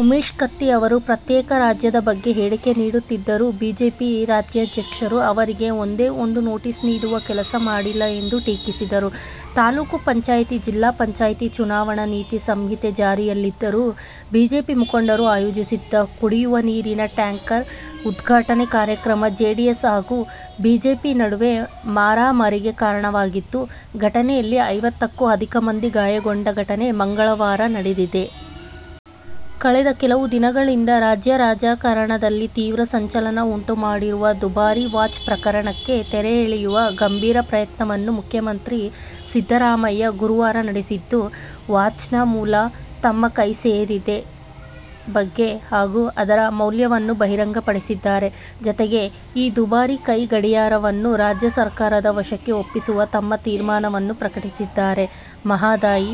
ಉಮೇಶ ಕತ್ತಿ ಅವರು ಪ್ರತ್ಯೇಕ ರಾಜ್ಯದ ಬಗ್ಗೆ ಹೇಳಿಕೆ ನೀಡುತ್ತಿದ್ದರೂ ಬಿಜೆಪಿ ರಾಜ್ಯಾಧ್ಯಕ್ಷರು ಅವರಿಗೆ ಒಂದೇ ಒಂದು ನೋಟಿಸ್ ನೀಡುವ ಕೆಲಸ ಮಾಡಿಲ್ಲ ಎಂದು ಟೀಕಿಸಿದರು. ತಾಲೂಕು ಪಂಚಾಯಿತಿ ಜಿಲ್ಲಾ ಪಂಚಾಯಿತಿ ಚುನಾವಣೆ ನೀತಿ ಸಂಹಿತೆ ಜಾರಿಯಲ್ಲಿದ್ದರೂ ಬಿಜೆಪಿ ಮುಖಂಡರು ಆಯೋಜಿಸಿದ್ದ ಕುಡಿಯುವ ನೀರಿನ ಟ್ಯಾಂಕರ್ ಉದ್ಘಾಟನೆ ಕಾರ್ಯಕ್ರಮ ಜೆಡಿಎಸ್ ಹಾಗೂ ಬಿಜೆಪಿ ನಡುವೆ ಮಾರಾಮಾರಿಗೆ ಕಾರಣವಾಗಿದ್ದು, ಘಟನೆಯಲ್ಲಿ ಐವತ್ತಕ್ಕೂ ಅಧಿಕ ಮಂದಿ ಗಾಯಗೊಂಡ ಘಟನೆ ಮಂಗಳವಾರ ನಡೆದಿದೆ. ಕಳೆದ ಕೆಲವು ದಿನಗಳಿಂದ ರಾಜ್ಯ ರಾಜಕಾರಣದಲ್ಲಿ ತೀವ್ರ ಸಂಚಲನ ಉಂಟು ಮಾಡಿರುವ ದುಬಾರಿ ವಾಚ್ ಪ್ರಕರಣಕ್ಕೆ ತೆರೆ ಎಳೆಯುವ ಗಂಭೀರ ಪ್ರಯತ್ನವನ್ನು ಮುಖ್ಯಮಂತ್ರಿ ಸಿದ್ದರಾಮಯ್ಯ ಗುರುವಾರ ನಡೆಸಿದ್ದು, ವಾಚ್ನ ಮೂಲ, ತಮ್ಮ ಕೈ ಸೇರಿದ ಬಗೆ ಹಾಗೂ ಅದರ ಮೌಲ್ಯವನ್ನು ಬಹಿರಂಗಪಡಿಸಿದ್ದಾರೆ. ಜತೆಗೆ, ಈ ದುಬಾರಿ ಕೈ ಗಡಿಯಾರವನ್ನು ರಾಜ್ಯ ಸರ್ಕಾರದ ವಶಕ್ಕೆ ಒಪ್ಪಿಸುವ ತಮ್ಮ ತೀರ್ಮಾನವನ್ನು ಪ್ರಕಟಿಸಿದ್ದಾರೆ. ಮಹದಾಯಿ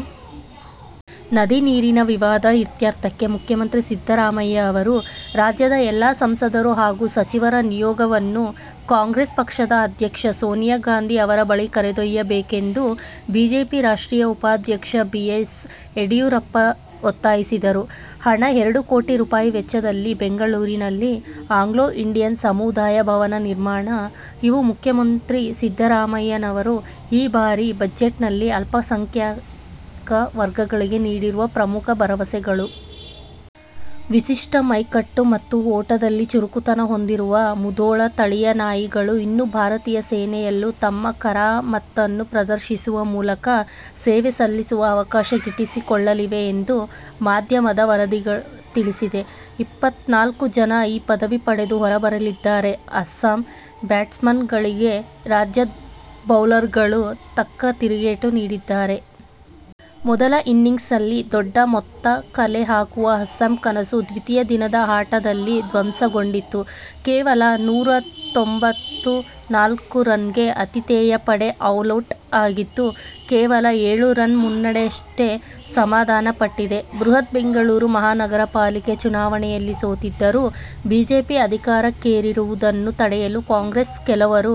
ನದಿ ನೀರಿನ ವಿವಾದ ಇತ್ಯರ್ಥಕ್ಕೆ ಮುಖ್ಯಮಂತ್ರಿ ಸಿದ್ದರಾಮಯ್ಯ ಅವರು ರಾಜ್ಯದ ಎಲ್ಲ ಸಂಸದರು ಹಾಗೂ ಸಚಿವರ ನಿಯೋಗವನ್ನು ಕಾಂಗ್ರೆಸ್ ಪಕ್ಷದ ಅಧ್ಯಕ್ಷೆ ಸೋನಿಯಾ ಗಾಂಧಿ ಅವರ ಬಳಿ ಕರೆದೊಯ್ಯಬೇಕೆಂದು ಬಿಜೆಪಿ ರಾಷ್ಟ್ರೀಯ ಉಪಾಧ್ಯಕ್ಷ ಬಿ. ಎಸ್. ಯಡಿಯೂರಪ್ಪ ಒತ್ತಾಯಿಸಿದರು. ಹಣ ಎರಡು ಕೋಟಿ ರೂಪಾಯಿ ವೆಚ್ಚದಲ್ಲಿ ಬೆಂಗಳೂರಿನಲ್ಲಿ 'ಆಂಗ್ಲೋ ಇಂಡಿಯನ್ ಸಮುದಾಯ ಭವನ' ನಿರ್ಮಾಣ, ಇವು ಮುಖ್ಯಮಂತ್ರಿ ಸಿದ್ದರಾಮಯ್ಯನವರು ಈ ಬಾರಿ ಬಜೆಟ್ನಲ್ಲಿ ಅಲ್ಪಸಂಖ್ಯಾಕ ವರ್ಗಗಳಿಗೆ ನೀಡಿರುವ ಪ್ರಮುಖ ಭರವಸೆಗಳು. ವಿಶಿಷ್ಟ ಮೈಕಟ್ಟು ಮತ್ತು ಓಟದಲ್ಲಿ ಚುರುಕುತನ ಹೊಂದಿರುವ ಮುಧೋಳ ತಳಿಯ ನಾಯಿಗಳು ಇನ್ನು ಭಾರತೀಯ ಸೇನೆಯಲ್ಲೂ ತಮ್ಮ ಕರಾಮತ್ತನ್ನು ಪ್ರದರ್ಶಿಸುವ ಮೂಲಕ ಸೇವೆ ಸಲ್ಲಿಸುವ ಅವಕಾಶ ಗಿಟ್ಟಿಸಿಕೊಳ್ಳಲಿವೆ ಎಂದು ಮಾಧ್ಯಮದ ವರದಿ ತಿಳಿಸಿದೆ. ಇಪ್ಪತ್ತನಾಲ್ಕು ಜನ ಈ ಪದವಿ ಪಡೆದು ಹೊರಬರಲಿದ್ದಾರೆ. ಅಸ್ಸಾಂ ಬ್ಯಾಟ್ಸ್ಮನ್ಗಳಿಗೆ ರಾಜ್ಯ ಬೌಲರ್ಗಳು ತಕ್ಕ ತಿರುಗೇಟು ನೀಡಿದ್ದಾರೆ. ಮೊದಲ ಇನಿಂಗ್ಸ್ನಲ್ಲಿ ದೊಡ್ಡ ಮೊತ್ತ ಕಲೆ ಹಾಕುವ ಅಸ್ಸಾಂ ಕನಸು ದ್ವಿತೀಯ ದಿನದ ಆಟದಲ್ಲಿ ಧ್ವಂಸಗೊಂಡಿತು. ಕೇವಲ ನೂರ ತೊಂಭತ್ತ ನಾಲ್ಕು ರನ್ಗೆ ಆತಿಥೇಯ ಪಡೆ ಆಲೌಟ್ ಆಗಿದ್ದು, ಕೇವಲ ಎಳು ರನ್ ಮುನ್ನಡೆಗಷ್ಟೇ ಸಮಾಧಾನಪಟ್ಟಿದೆ. ಬೃಹತ್ ಬೆಂಗಳೂರು ಮಹಾನಗರ ಪಾಲಿಕೆ ಚುನಾವಣೆಯಲ್ಲಿ ಸೋತಿದ್ದರೂ, ಬಿಜೆಪಿ ಅಧಿಕಾರಕ್ಕೇರುವುದನ್ನು ತಡೆಯಲು ಕಾಂಗ್ರೆಸ್ನ ಕೆಲವರು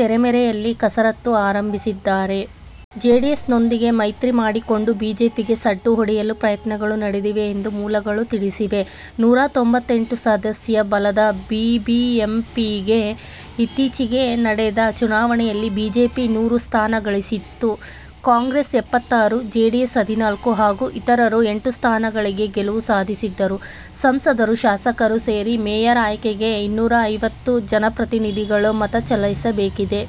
ತೆರೆಮರೆಯಲ್ಲಿ ಕಸರತ್ತು ಆರಂಭಿಸಿದ್ದಾರೆ. ಜೆಡಿಎಸ್ನೊಂದಿಗೆ ಮೈತ್ರಿ ಮಾಡಿಕೊಂಡು ಬಿಜೆಪಿಗೆ ಸಡ್ಡು ಹೊಡೆಯಲು ಪ್ರಯತ್ನಗಳು ನಡೆದಿವೆ ಎಂದು ಮೂಲಗಳು ತಿಳಿಸಿವೆ. ನೂರ ತೊಂಭತ್ತೆಂಟು ಸದಸ್ಯ ಬಲದ ಬಿ ಬಿ ಎಂ ಪಿ ಗೆ ಇತ್ತೀಚೆಗೆ ನಡೆದ ಚುನಾವಣೆಯಲ್ಲಿ ಬಿಜೆಪಿ ನೂರು ಸ್ಥಾನ ಗಳಿಸಿತ್ತು. ಕಾಂಗ್ರೆಸ್ ಎಪ್ಪತ್ತಾರು, ಜೆ ಡಿ ಎಸ್ ಹದಿನಾಲ್ಕು ಹಾಗೂ ಇತರರು ಎಂಟು ಸ್ಥಾನಗಳಲ್ಲಿ ಗೆಲುವು ಸಾಧಿಸಿದ್ದರು. ಸಂಸದರು, ಶಾಸಕರು ಸೇರಿ ಮೇಯರ್ ಆಯ್ಕೆಗೆ ಇನೂರೈವತ್ತು ಜನಪ್ರತಿನಿಧಿಗಳು ಮತ ಚಲಾಯಿಸಬೇಕಿದೆ.